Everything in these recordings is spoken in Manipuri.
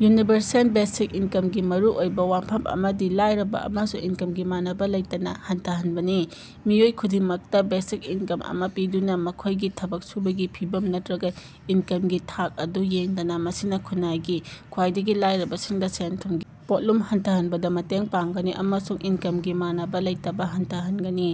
ꯌꯨꯅꯤꯚꯔꯁꯦꯜ ꯕꯦꯁꯤꯛ ꯏꯟꯀꯝ ꯒꯤ ꯃꯔꯨꯑꯣꯏꯕ ꯋꯥꯐꯝ ꯑꯃꯗꯤ ꯂꯥꯏꯔꯕꯥ ꯑꯃꯁꯨꯡ ꯏꯟꯀꯝꯒꯤ ꯃꯥꯟꯅꯕꯥ ꯂꯩꯇꯕ ꯍꯟꯊꯍꯟꯕꯅꯤ꯫ ꯃꯤꯑꯣꯏ ꯈꯨꯗꯤꯡꯃꯛꯇ ꯕꯦꯁꯤꯛ ꯏꯅꯀꯝ ꯑꯃ ꯄꯤꯗꯨꯅ, ꯃꯈꯣꯏꯒꯤ ꯊꯕꯛ ꯁꯨꯕꯒꯤ ꯐꯤꯚꯝ ꯅꯠꯇꯔꯒ ꯏꯟꯀꯝꯒꯤ ꯊꯥꯛ ꯑꯗꯨ ꯌꯦꯡꯗꯅ, ꯃꯁꯤꯅ ꯈꯨꯟꯅꯥꯏꯒꯤ ꯈ꯭ꯋꯥꯏꯗꯒꯤ ꯂꯥꯏꯔꯕꯁꯤꯡꯗ ꯁꯦꯜ-ꯊꯨꯝꯒꯤ ꯄꯣꯠꯂꯨꯝ ꯍꯟꯊꯍꯟꯕꯗꯥ ꯃꯇꯦꯡ ꯄꯥꯡꯒꯅꯤ ꯑꯃꯁꯨꯡ ꯏꯟꯀꯝꯒꯤ ꯃꯥꯟꯅꯕꯥ ꯂꯩꯇꯕ ꯍꯟꯊꯍꯟꯒꯅꯤ꯫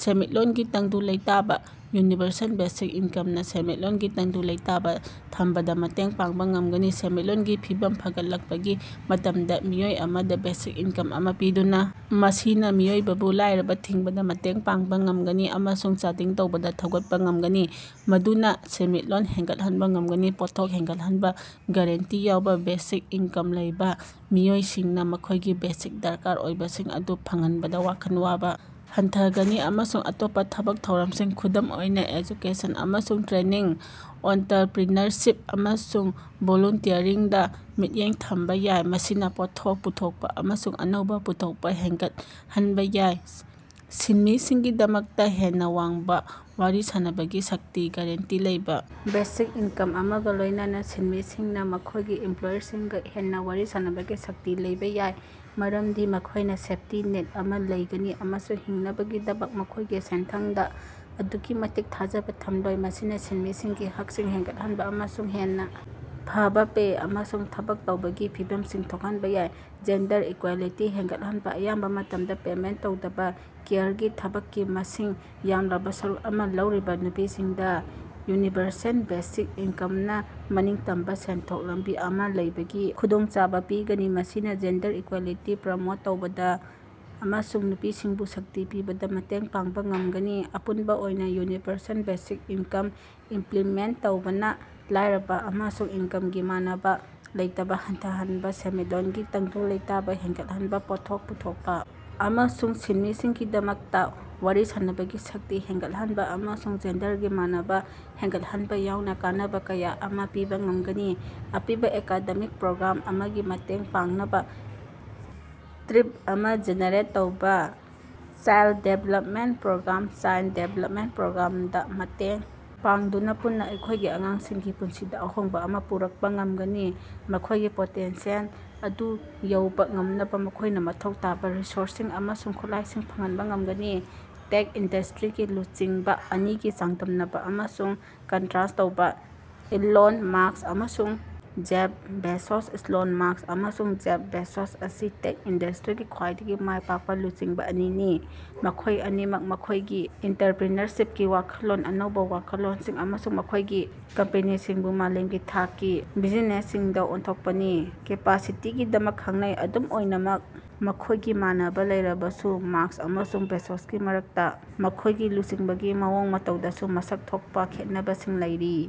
ꯁꯦꯟꯃꯤꯠꯂꯣꯟꯒꯤ ꯇꯪꯗꯨ ꯂꯩꯇꯥꯕ -ꯌꯨꯅꯤꯚꯔꯁꯦꯜ ꯕꯦꯁꯤꯛ ꯏꯟꯀꯝ ꯅꯥ ꯁꯦꯟꯃꯤꯠꯂꯣꯟꯒꯤ ꯇꯪꯗꯨ ꯂꯩꯇꯥꯕ ꯊꯝꯕꯗ ꯃꯇꯦꯡ ꯄꯥꯡꯕ ꯉꯝꯒꯅꯤ, ꯁꯦꯟꯃꯤꯠꯂꯣꯟꯒꯤ ꯐꯤꯕꯝ ꯐꯒꯠꯂꯛꯄꯒꯤ ꯃꯇꯝꯗ, ꯃꯤꯑꯣꯏ ꯑꯃꯗ ꯕꯦꯁꯤꯛ ꯏꯟꯀꯝ ꯑꯃ ꯄꯤꯗꯨꯅ ꯃꯁꯤꯅ ꯃꯤꯑꯣꯏꯕꯕꯨ ꯂꯥꯏꯔꯕꯥ ꯊꯤꯡꯕꯗ ꯃꯇꯦꯡ ꯄꯥꯡꯕ ꯉꯝꯒꯅꯤ ꯑꯃꯁꯨꯡ ꯆꯥꯗꯤꯡ ꯇꯧꯕꯗ ꯊꯧꯒꯠꯄ ꯉꯝꯒꯅꯤ, ꯃꯗꯨꯅ ꯁꯦꯟꯃꯤꯠꯂꯣꯟ ꯍꯦꯟꯒꯠꯍꯟꯕ ꯉꯝꯒꯅꯤ꯫ ꯄꯣꯠꯊꯣꯛ ꯍꯦꯟꯒꯠꯍꯟꯕ - ꯒꯥꯔꯦꯟꯇꯤ ꯌꯥꯎꯕ ꯕꯦꯁꯤꯛ ꯏꯟꯀꯝ ꯂꯩꯕ ꯃꯤꯑꯣꯏꯁꯤꯡꯅ ꯃꯈꯣꯏꯒꯤ ꯕꯦꯁꯤꯛ ꯗꯔꯀꯥꯔ ꯑꯣꯏꯕꯁꯤꯡ ꯑꯗꯨ ꯐꯪꯍꯟꯕꯗ ꯋꯥꯈꯜ ꯋꯥꯕ ꯍꯟꯊꯒꯅꯤ ꯑꯃꯁꯨꯡ ꯑꯇꯣꯞꯄ ꯊꯕꯛ ꯊꯧꯔꯝꯁꯤꯡ, ꯈꯨꯗꯝ ꯑꯣꯏꯅ ꯑꯦꯖꯨꯀꯦꯁꯟ ꯑꯃꯁꯨꯡ ꯇ꯭ꯔꯦꯅꯤꯡ, ꯑꯣꯟꯇꯔꯄꯔꯤꯅꯔꯁꯤꯞ, ꯑꯃꯁꯨꯡ ꯚꯣꯂꯨꯟꯇꯤꯌꯔꯤꯡꯗ ꯃꯤꯠꯌꯦꯡ ꯊꯝꯕ ꯌꯥꯏ꯫ ꯃꯁꯤꯅ ꯄꯣꯠꯊꯣꯛ ꯄꯨꯊꯣꯛꯄ ꯑꯃꯁꯨꯡ ꯑꯅꯧꯕ ꯄꯨꯊꯣꯛꯄ ꯍꯦꯟꯒꯠꯍꯟꯕ ꯌꯥꯏ꯫ ꯁꯤꯟꯃꯤꯁꯤꯡꯒꯤꯗꯃꯛꯇ ꯍꯦꯟꯅ ꯋꯥꯡꯕ ꯋꯥꯔꯤ ꯁꯥꯟꯅꯕꯒꯤ ꯁꯛꯇꯤ - ꯒꯥꯔꯦꯟꯇꯤ ꯂꯩꯕ ꯕꯦꯁꯤꯛ ꯏꯟꯀꯝ ꯑꯃꯒ ꯂꯣꯏꯅꯅꯥ, ꯁꯤꯟꯃꯤꯁꯤꯡꯅ ꯃꯈꯣꯏꯒꯤ ꯏꯝꯄꯂꯣꯌꯔꯁꯤꯡꯒ ꯍꯦꯟꯅ ꯋꯥꯔꯤ ꯁꯥꯟꯅꯕꯒꯤ ꯁꯛꯇꯤ ꯂꯩꯕ ꯌꯥꯏ, ꯃꯔꯝꯗꯤ ꯃꯈꯣꯏꯅ ꯁꯦꯐꯇꯤ ꯅꯦꯠ ꯑꯃ ꯂꯩꯒꯅꯤ ꯑꯃꯁꯨꯡ ꯍꯤꯡꯅꯕꯒꯤꯗꯃꯛ ꯃꯈꯣꯏꯒꯤ ꯁꯦꯟꯊꯪꯗ ꯑꯗꯨꯛꯀꯤ ꯃꯇꯤꯛ ꯊꯥꯖꯕꯥ ꯊꯝꯂꯣꯏ꯫ ꯃꯁꯤꯅ ꯁꯤꯟꯃꯤꯁꯤꯡꯒꯤ ꯍꯛꯁꯤꯡ ꯍꯦꯟꯒꯠꯍꯟꯕ ꯑꯃꯁꯨꯡ ꯍꯦꯟꯅ ꯐꯕꯥ ꯄꯦ ꯑꯃꯁꯨꯡ ꯊꯕꯛ ꯇꯧꯕꯒꯤ ꯐꯤꯚꯝꯁꯤꯡ ꯊꯣꯛꯍꯟꯕ‌ ꯌꯥꯏ꯫ ꯖꯦꯟꯗꯔ ꯏꯀ꯭ꯋꯦꯂꯤꯇꯤ ꯍꯦꯟꯒꯠꯍꯟꯕ - ꯑꯌꯥꯝꯕ ꯃꯇꯝꯗ ꯄꯦꯃꯦꯟꯇ ꯇꯧꯗꯕ ꯀꯤꯌꯔꯒꯤ ꯊꯕꯛꯀꯤ ꯃꯁꯤꯡ ꯌꯥꯝꯂꯕꯥ ꯁꯔꯨꯛ ꯑꯃ ꯂꯧꯔꯤꯕ ꯅꯨꯄꯤꯁꯤꯡꯗ ꯌꯨꯅꯤꯚꯔꯁꯦꯜ ꯕꯦꯁꯤꯛ ꯏꯟꯀꯝ ꯅꯥ ꯃꯅꯤꯡꯇꯝꯕ ꯁꯦꯟꯊꯣꯛ ꯂꯝꯕꯤ ꯑꯃ ꯂꯩꯕꯒꯤ ꯈꯨꯗꯣꯡꯆꯥꯕ ꯄꯤꯒꯅꯤ꯫ ꯃꯁꯤꯅ ꯖꯦꯟꯗꯔ ꯏꯀ꯭ꯋꯦꯂꯤꯇꯤ ꯄ꯭ꯔꯃꯣꯠ ꯇꯧꯕꯗ ꯑꯃꯁꯨꯡ ꯅꯨꯄꯤꯁꯤꯡꯕꯨ ꯁꯛꯇꯤ ꯄꯤꯕꯗ ꯃꯇꯦꯡ ꯄꯥꯡꯕ ꯉꯝꯒꯅꯤ꯫ ꯑꯄꯨꯟꯕ ꯑꯣꯏꯅ, ꯌꯨꯅꯤꯚꯔꯁꯦꯜ ꯕꯦꯁꯤꯛ ꯏꯟꯀꯝ ꯏꯝꯄ꯭ꯂꯤꯃꯦꯟꯇ ꯇꯧꯕꯅ ꯂꯥꯏꯔꯕ ꯑꯃꯁꯨꯡ ꯏꯟꯀꯝꯒꯤ ꯃꯥꯟꯅꯕ ꯂꯩꯇꯕ ꯍꯟꯊꯍꯟꯕ, ꯁꯦꯟꯃꯤꯠꯂꯣꯟꯒꯤ ꯇꯪꯗꯨ ꯂꯩꯇꯥꯕ ꯍꯦꯟꯒꯠꯍꯟꯕ, ꯄꯣꯠꯊꯣꯛ ꯄꯨꯊꯣꯛꯄ, ꯑꯃꯁꯨꯡ ꯁꯤꯟꯃꯤꯁꯤꯡꯒꯤꯗꯃꯛꯇ ꯋꯥꯔꯤ ꯁꯥꯟꯅꯕꯒꯤ ꯁꯛꯇꯤ ꯍꯦꯟꯒꯠꯍꯟꯕ, ꯑꯃꯁꯨꯡ ꯖꯦꯟꯗꯔꯒꯤ ꯃꯥꯟꯅꯕꯥ ꯍꯦꯟꯒꯠꯍꯟꯕ ꯌꯥꯎꯅ ꯀꯥꯟꯅꯕꯥ ꯀꯌꯥ ꯑꯃ ꯄꯤꯕ ꯉꯝꯒꯅꯤ꯫ ꯑꯄꯤꯕ ꯑꯦꯀꯥꯗꯦꯃꯤꯛ ꯄ꯭ꯔꯣꯒ꯭ꯔꯥꯝ ꯑꯃꯒꯤ ꯃꯇꯦꯡ ꯄꯥꯡꯅꯕꯥ ꯇ꯭ꯄꯤꯠ ꯑꯃ ꯖꯦꯅꯦꯔꯦꯠ ꯇꯧꯕ, child development programme. Child development ꯄ꯭ꯔꯣꯒ꯭ꯔꯥꯝꯗ ꯃꯇꯦꯡ ꯄꯥꯡꯗꯨꯅ, ꯄꯨꯟꯅ ꯑꯩꯈꯣꯏꯒꯤ ꯑꯉꯥꯡꯁꯤꯡꯒꯤ ꯄꯨꯟꯁꯤꯗ ꯑꯍꯣꯡꯕ ꯑꯃ ꯄꯨꯔꯛꯄ ꯉꯝꯒꯅꯤ, ꯃꯈꯣꯏꯒꯤ ꯄꯣꯇꯦꯟꯁꯤꯌꯦꯜ ꯑꯗꯨ ꯌꯧꯕ ꯉꯝꯅꯕꯥ ꯃꯈꯣꯏꯅ ꯃꯊꯧ ꯇꯥꯕ ꯔꯤꯁꯣꯔꯁꯁꯤꯡ ꯑꯃꯁꯨꯡ ꯈꯨꯠꯂꯥꯏꯁꯤꯡ ꯐꯪꯍꯟꯕ ꯉꯝꯒꯅꯤ꯫ ꯇꯦꯛ ꯏꯟꯗꯁꯇ꯭ꯔꯤꯒꯤ ꯂꯨꯆꯤꯡꯕ ꯑꯅꯤꯒꯤ ꯆꯥꯡꯗꯝꯅꯕ ꯑꯃꯁꯨꯡ ꯀꯟꯇꯥꯔꯁ꯭ꯠ ꯇꯧꯕ꯫ ꯏꯂꯣꯟ ꯃꯁ꯭ꯛ ꯑꯃꯁꯨꯡ ꯖꯦꯐ ꯕꯦꯖꯣꯁ꯫ ꯏꯂꯣꯟ ꯃꯁ꯭ꯛ ꯑꯃꯁꯨꯡ ꯖꯦꯐ ꯕꯦꯖꯣꯁ ꯑꯁꯤ ꯇꯦꯛ ꯏꯟꯗꯁꯇ꯭ꯔꯤꯒꯤ ꯈ꯭ꯋꯥꯏꯗꯒꯤ ꯃꯥꯏ ꯄꯥꯛꯄ ꯂꯨꯆꯤꯡꯕ ꯑꯅꯤꯅꯤ, ꯃꯈꯣꯏ ꯑꯅꯤꯃꯛ ꯃꯈꯣꯏꯒꯤ ꯑꯣꯟꯇꯔꯄ꯭ꯔꯤꯅꯔꯁꯤꯞꯀꯤ ꯋꯥꯈꯜꯂꯣꯟ, ꯑꯅꯧꯕ ꯋꯥꯈꯜꯂꯣꯟꯁꯤꯡ ꯑꯃꯁꯨꯡ ꯃꯈꯣꯏꯒꯤ ꯀꯝꯄꯦꯅꯤꯁꯤꯡꯕꯨ ꯃꯥꯂꯦꯝꯒꯤ ꯊꯥꯛꯀꯤ ꯕꯤꯖꯤꯅꯦꯁꯁꯤꯡꯗ ꯑꯣꯟꯊꯣꯛꯄꯒꯤ ꯀꯦꯄꯥꯁꯤꯇꯤꯒꯤꯗꯃꯛ ꯈꯪꯅꯩ꯫ ꯑꯗꯨꯝ ꯑꯣꯏꯅꯃꯛ ꯃꯈꯣꯏꯒꯤ ꯃꯥꯟꯅꯕꯥ ꯂꯩꯔꯕꯁꯨ ꯃꯁ꯭ꯛ ꯑꯃꯁꯨꯡ ꯕꯦꯖꯣꯁꯀꯤ ꯃꯔꯛꯇ ꯃꯈꯣꯏꯒꯤ ꯂꯨꯆꯤꯡꯕꯒꯤ ꯃꯑꯣꯡ ꯃꯇꯧꯗꯁꯨ ꯃꯁꯛ ꯊꯣꯛꯄ ꯈꯦꯠꯅꯕꯁꯤꯡ ꯂꯩꯔꯤ꯫